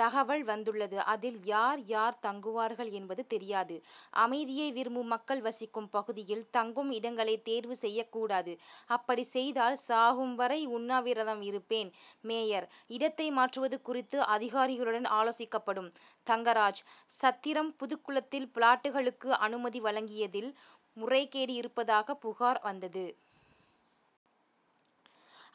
தகவல் வந்துள்ளது. அதில் யார் யார் தங்குவார்கள் என்பது தெரியாது. அமைதியை விரும்பும் மக்கள் வசிக்கும் பகுதியில் தங்கும் இடங்களை தேர்வு செய்யக் கூடாது. அப்படி செய்தால் சாகும் வரை உண்ணாவிரதம் இருப்பேன். மேயர்: இடத்தை மாற்றுவது குறித்து அதிகாரிகளுடன் ஆலோசிக்கப்படும். தங்கராஜ்: சத்திரம் புதுக்குளத்தில் பிளாட்டுகளுக்கு அனுமதி வழங்கியதில் முறைகேடு இருப்பதாக புகார் வந்தது.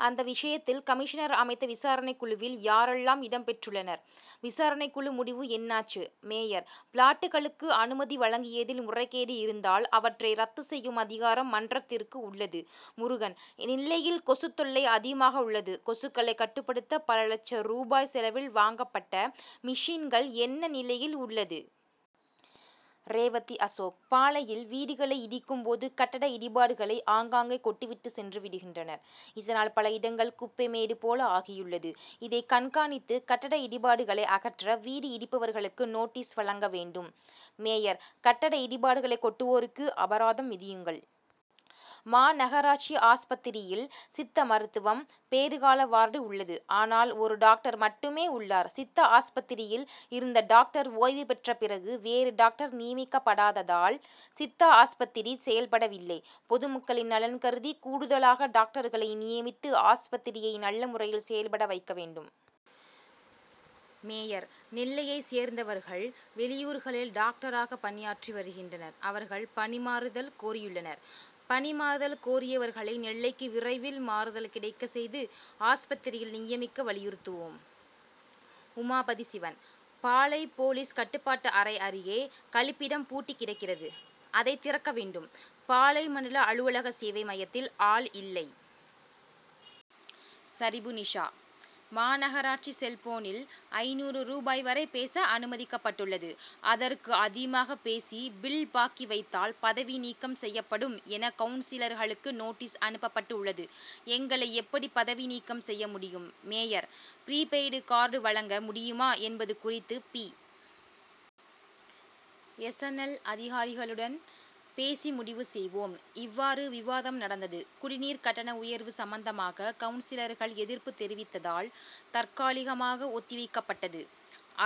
அந்த விஷயத்தில் கமிஷனர் அமைத்த விசாரணைக்குழுவில் யாரெல்லாம் இடம் பெற்றுள்ளனர். விசாரணைக்குழு முடிவு என்னாச்சு. மேயர்: பிளாட்டுகளுக்கு அனுமதி வழங்கியதில் முறைகேடு இருந்தால் அவற்றை ரத்து செய்யும் அதிகாரம் மன்றத்திற்கு உள்ளது. முருகன்: நெல்லையில் கொசுத் தொல்லை அதிகமாக உள்ளது. கொசுக்களை கட்டுப்படுத்த பல லட்ச ரூபாய் செலவில் வாங்கப்பட்ட மிஷின்கள் என்ன நிலையில் உள்ளது. ரேவதிஅசோக் பாளையில் வீடுகளை இடிக்கும் போது கட்டட இடிபாடுகளை ஆங்காங்கே கொட்டிவிட்டு சென்றுவிடுகின்றனர். இதனால் பல இடங்கள் குப்பை மேடு போல ஆகியுள்ளது. இதை கண்காணித்து கட்டட இடிபாடுகளை அகற்ற வீடு இடிப்பவர்களுக்கு நோட்டீஸ் வழங்கவேண்டும். மேயர் கட்டட இடிபாடுகளை கொட்டுவோருக்கு அபராதம் விதியுங்கள். மாநகராட்சி ஆஸ்பத்திரியில் சித்த மருத்துவம், பேறுகால வார்டு உள்ளது. ஆனால் ஒரு டாக்டர் மட்டுமே உள்ளார். சித்தா ஆஸ்பத்திரியில் இருந்த டாக்டர் ஓய்வு பெற்ற பிறகு வேறு டாக்டர் நியமிக்கப்படாததால் சித்தா ஆஸ்பத்திரி செயல்படவில்லை. பொதுமக்களின் நலன் கருதி கூடுதலாக டாக்டர்களை நியமித்து ஆஸ்பத்திரியை நல்ல முறையில் செயல்படவைக்கவேண்டும். மேயர்: நெல்லையை சேர்ந்தவர்கள் வெளியூர்களில் டாக்டராக பணியாற்றி வருகின்றனர். அவர்கள் பணிமாறுதல் கோரியுள்ளனர். பணிமாறுதல் கோரியவர்களை நெல்லைக்கு விரைவில் மாறுதல் கிடைக்க செய்து ஆஸ்பத்திரியில் நியமிக்க வலியுறுத்துவோம். உமாபதிசிவன்: பாளை போலீஸ் கட்டுப்பாட்டு அறை அருகே கழிப்பிடம் பூட்டி கிடக்கிறது. அதை திறக்கவேண்டும். பாளை மண்டல அலுவலக சேவை மையத்தில் ஆள் இல்லை. சரிபுநிஷா: மாநகராட்சி செல்போனில் ஐந்நூறு ரூபாய் வரை பேச அனுமதிக்கப்பட்டுள்ளது. அதற்கு அதிகமாக பேசி பில் பாக்கி வைத்தால் பதவி நீக்கம் செய்யப்படும் என கவுன்சிலர்களுக்கு நோட்டீஸ் அனுப்பப்பட்டுள்ளது. எங்களை எப்படி பதவிநீக்கம் செய்யமுடியும். மேயர்: ப்ரிபெய்டு கார்டு வழங்க முடியுமா என்பது குறித்து பி. எஸ். என். எல். அதிகாரிகளுடன் பேசி முடிவு செய்வோம். இவ்வாறு விவாதம் நடந்தது. குடிநீர் கட்டண உயர்வு சம்பந்தமாக கவுன்சிலர்கள் எதிர்ப்பு தெரிவித்ததால் தற்காலிகமாக ஒத்திவைக்கப்பட்டது.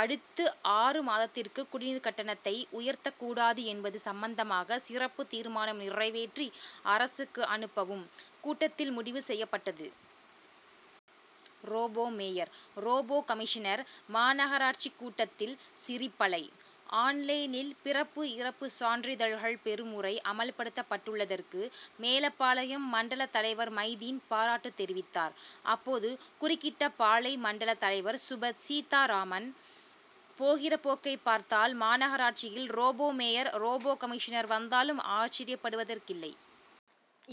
அடுத்து ஆறு மாதத்திற்கு குடிநீர் கட்டணத்தை உயர்த்தக் கூடாது என்பது சம்பந்தமாக சிறப்பு தீர்மானம் நிறைவேற்றி அரசுக்கு அனுப்பவும் கூட்டத்தில் முடிவு செய்யப்பட்டது. ரோபோ மேயர்-ரோபோ கமிஷனர் மாநகராட்சி கூட்டத்தில் சிரிப்பலை!: ஆன்லைனின் பிறப்பு, இறப்பு சான்றிதழ்கள் பெறும் முறை அமல்படுத்தப்பட்டுள்ளதற்கு மேலப்பாளையம் மண்டல தலைவர் மைதீன் பாராட்டு தெரிவித்தார். அப்போது குறுக்கிட்ட பாளை., மண்டல தலைவர் சுப. சீத்தாராமன், போகிற போக்கை பார்த்தால் மாநகராட்சியில் "ரோபோ மேயர், ரோபோ கமிஷனர் வந்தாலும் ஆச்சர்யபடுவதற்கில்லை.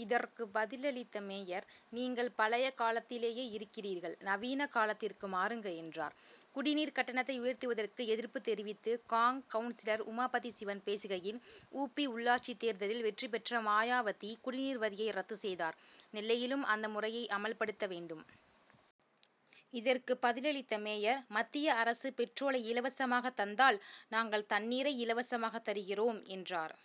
இதற்கு பதிலளித்த மேயர், "நீங்கள் பழைய காலத்திலேயே இருக்கிறீர்கள். நவீன காலத்திற்கு மாறுங்க என்றார்'. குடிநீர் கட்டணத்தை உயர்த்துவதற்கு எதிர்ப்பு தெரிவித்து காங்., கவுன்சிலர் உமாபதிசிவன் பேசுகையில், "உ. பி உள்ளாட்சி தேர்தலில் வெற்றிபெற்ற மாயாவதி, குடிநீர் வரியை ரத்து செய்தார்'. நெல்லையிலும் அந்த முறையை அமல்படுத்தவேண்டும். இதற்கு பதிலளித்த மேயர், "மத்திய அரசு பெட்ரோலை இலவசமாக தந்தால், நாங்கள் தண்ணீரை இலவசமாக தருகிறோம் என்றார்'.